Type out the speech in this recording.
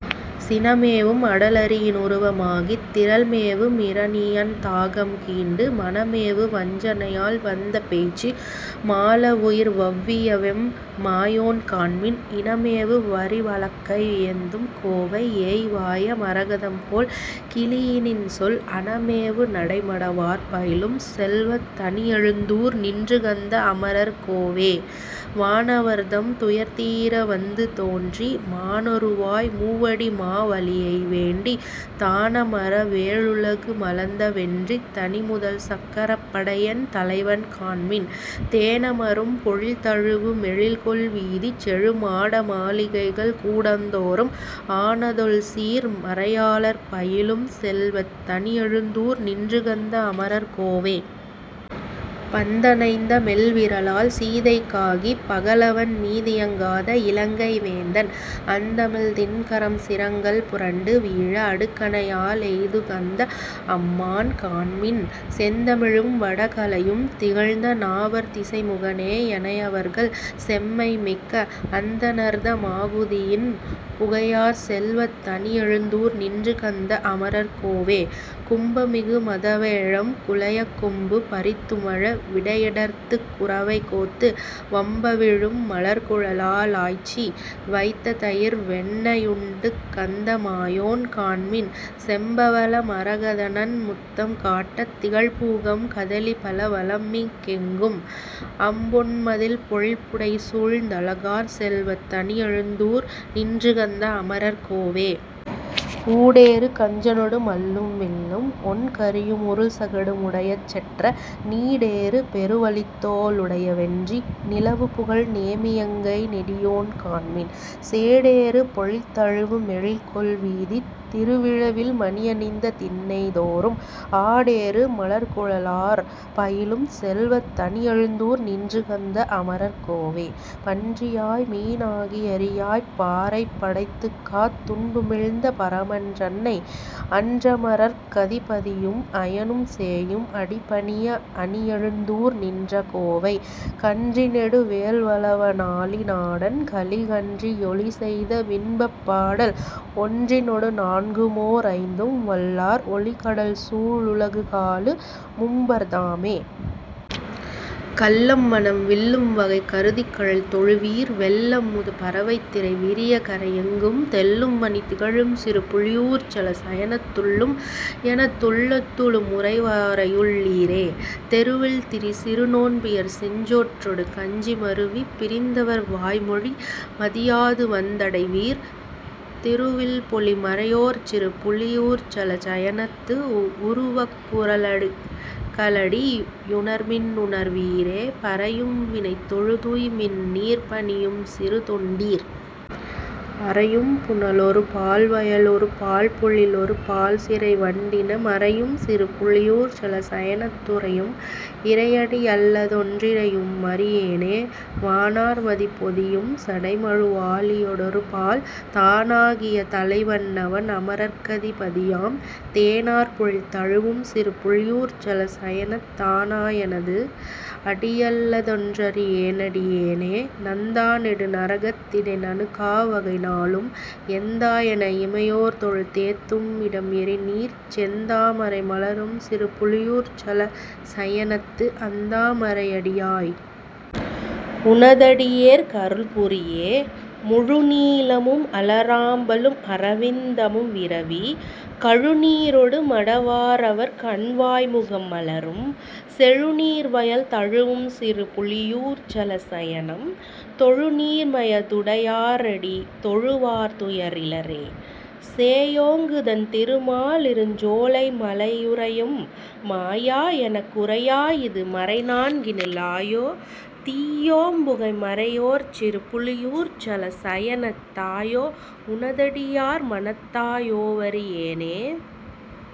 சினமேவும் அடலரியி னுருவ மாகித் திறல்மேவு மிரணியன் தாகம் கீண்டு, மனமேவு வஞ்சனையால் வந்த பேய்ச்சி மாளவுயிர் வவ்வியவெம் மாயோன் காண்மின், இனமேவு வரிவளக்கை யேந்தும் கோவை ஏய்வாய மரகதம்போல் கிளியி னின்சொல், அனமேவு நடைமடவார் பயிலும் செல்வத் தணியழுந்தூர் நின்றுகந்த அமரர் கோவே. வானவர்தம் துயர்தீர வந்து தோன்றி மாணுருவாய் மூவடிமா வலியை வேண்டி, தானமர வேழுலகு மளந்த வென்றித் தனிமுதல்சக் கரப்படையென் தலைவன் காண்மின், தேனமரும் பொழில்தழுவு மெழில்கொள் வீதிச் செழுமாட மாளிகைகள் கூடந் தோறும், ஆனதொல்சீர் மறையாளர் பயிலும் செல்வத் தணியழுந்தூர் நின்றுகந்த அமரர் கோவே. பந்தணைந்த மெல்விரலாள் சீதைக் காகிப் பகலவன்மீ தியங்காத இலங்கை வேந்தன், அந்தமில்திண் கரம்சிரங்கள் புரண்டு வீழ அடுகணையா லெய்துகந்த அம்மான் காண்மின், செந்தமிழும் வடகலையும் திகழ்ந்த நாவர் திசைமுகனே யனையவர்கள் செம்மை மிக்க, அந்தணர்த மாகுதியின் புகையார் செல்வத் தணியழுந்தூர் நின்றுகந்த அமரர் கோவே. கும்பமிகு மதவேழம் குலையக் கொம்பு பறித்துமழ விடையடர்த்துக் குரவை கோத்து, வம்பவிழும் மலர்க்குழலா ளாய்ச்சி வைத்த தயிர்வெண்ணெ யுண்டுகந்த மாயோன் காண்மின், செம்பவள மரகதநன் முத்தம் காட்டத் திகழ்பூகம் கதலிபல வளம்மிக் கெங்கும், அம்பொன்மதிள் பொழில்புடைசூழ்ந் தழகார் செல்வத் தணியழுந்தூர் நின்றுகந்த அமரர் கோவே. ஊடேறு கஞ்சனொடு மல்லும் வில்லும் ஒண்கரியு முருள்சகடு முடையச் செற்ற, நீடேறு பெருவலித்தோ ளுடைய வென்றி நிலவுபுகழ் நேமியங்கை நெடியோன் காண்மின், சேடேறு பொழில்தழுவு மெழில்கொள் வீதித் திருவிழவில் மணியணிந்த திண்ணை தோறும் ஆடேறு மலர்க்குழலார் பயிலும் செல்வத் தணியழுந்தூர் நின்றுகந்த அமரர் கோவே. பன்றியாய் மீனாகி யரியாய்ப் பாரைப் படைத்துக்காத் துண்டுமிழ்ந்த பரமன் றன்னை, அன்றமரர்க் கதிபதியும் அயனும் சேயும் அடிபணிய அணியழுந்தூர் நின்ற கோவை, கன்றிநெடு வேல்வலவ னாலி நாடன் கலிகன்றி யொலிசெய்த வின்பப் பாடல், ஒன்றினொடு நான்குமோ ரைந்தும் வல்லார் ஒலிகடல்சூ ழுலகாளு மும்பர் தாமே.. கள்ளம்மனம் விள்ளும்வகை கருதிக்கழல் தொழுவீர் வெள்ளம்முது பரவைத்திரை விரிய, கரை யெங்கும் தெள்ளும்மணி திகழும்சிறு புலியூர்ச்சல சயனத் துள்ளும், என துள்ளத்துளு முறைவாரையுள் ளீரே. தெருவில்திரி சிறுநோன்பியர் செஞ்சோற்றொடு கஞ்சி மருவி, பிரிந் தவர்வாய்மொழி மதியாதுவந் தடைவீர், திருவில்பொலி மறையோர்ச்சிறு புலியூர்ச்சல சயனத்து, உருவக்குற ளடிகளடி யுணர்மின்னுணர் வீரே. பறையும்வினை தொழுதுய்மின்நீர் பணியும்சிறு தொண்டீர். அறையும்புன லொருபால்வய லொருபால்பொழி லொருபால் சிறைவண்டின மறையும்சிறு புலியூர்ச்சல சயனத் துறையும், இறை யடியல்லதொன் றிறையும்மறி யேனே. வானார்மதி பொதியும்சடை மழுவாளியொ டொருபால், தானாகிய தலைவன்னவன் அமரர்க்கதி பதியாம் தேனார்பொழில் தழுவும்சிறு புலியூர்ச்சல சயனத் தானாயனது, அடியல்லதொன் றறியேனடி யேனே. நந்தாநெடு நரகத்திடை நணுகாவகை, நாளும் எந்தாயென இமையோர்தொழு தேத்தும்மிடம், எறிநீர்ச் செந்தாமரை மலரும்சிறு புலியூர்ச்சல சயனத்து அந்தாமரை யடியாய். உன தடியேற்கருள் புரியே. முழுநீலமும் அலராம்பலும் அரவிந்தமும் விரவி, கழுநீரொடு மடவாரவர் கண்வாய்முகம் மலரும், செழுநீர்வயல் தழுவும்சிறு புலியூர்ச்சல சயனம், தொழுநீர்மைய துடையாரடி தொழுவார்துய ரிலரே. சேயோங்குதண் திருமாலிருஞ் சோலைமலை யுை றயும் மாயா, எனக் குரையாயிது மறைநான்கினு ளாயோ, தீயோம்புகை மறையோர்ச்சிறு புலியூர்ச்சல சயனத் தாயோ, உன தடியார்மனத் தாயோவறி யேனே.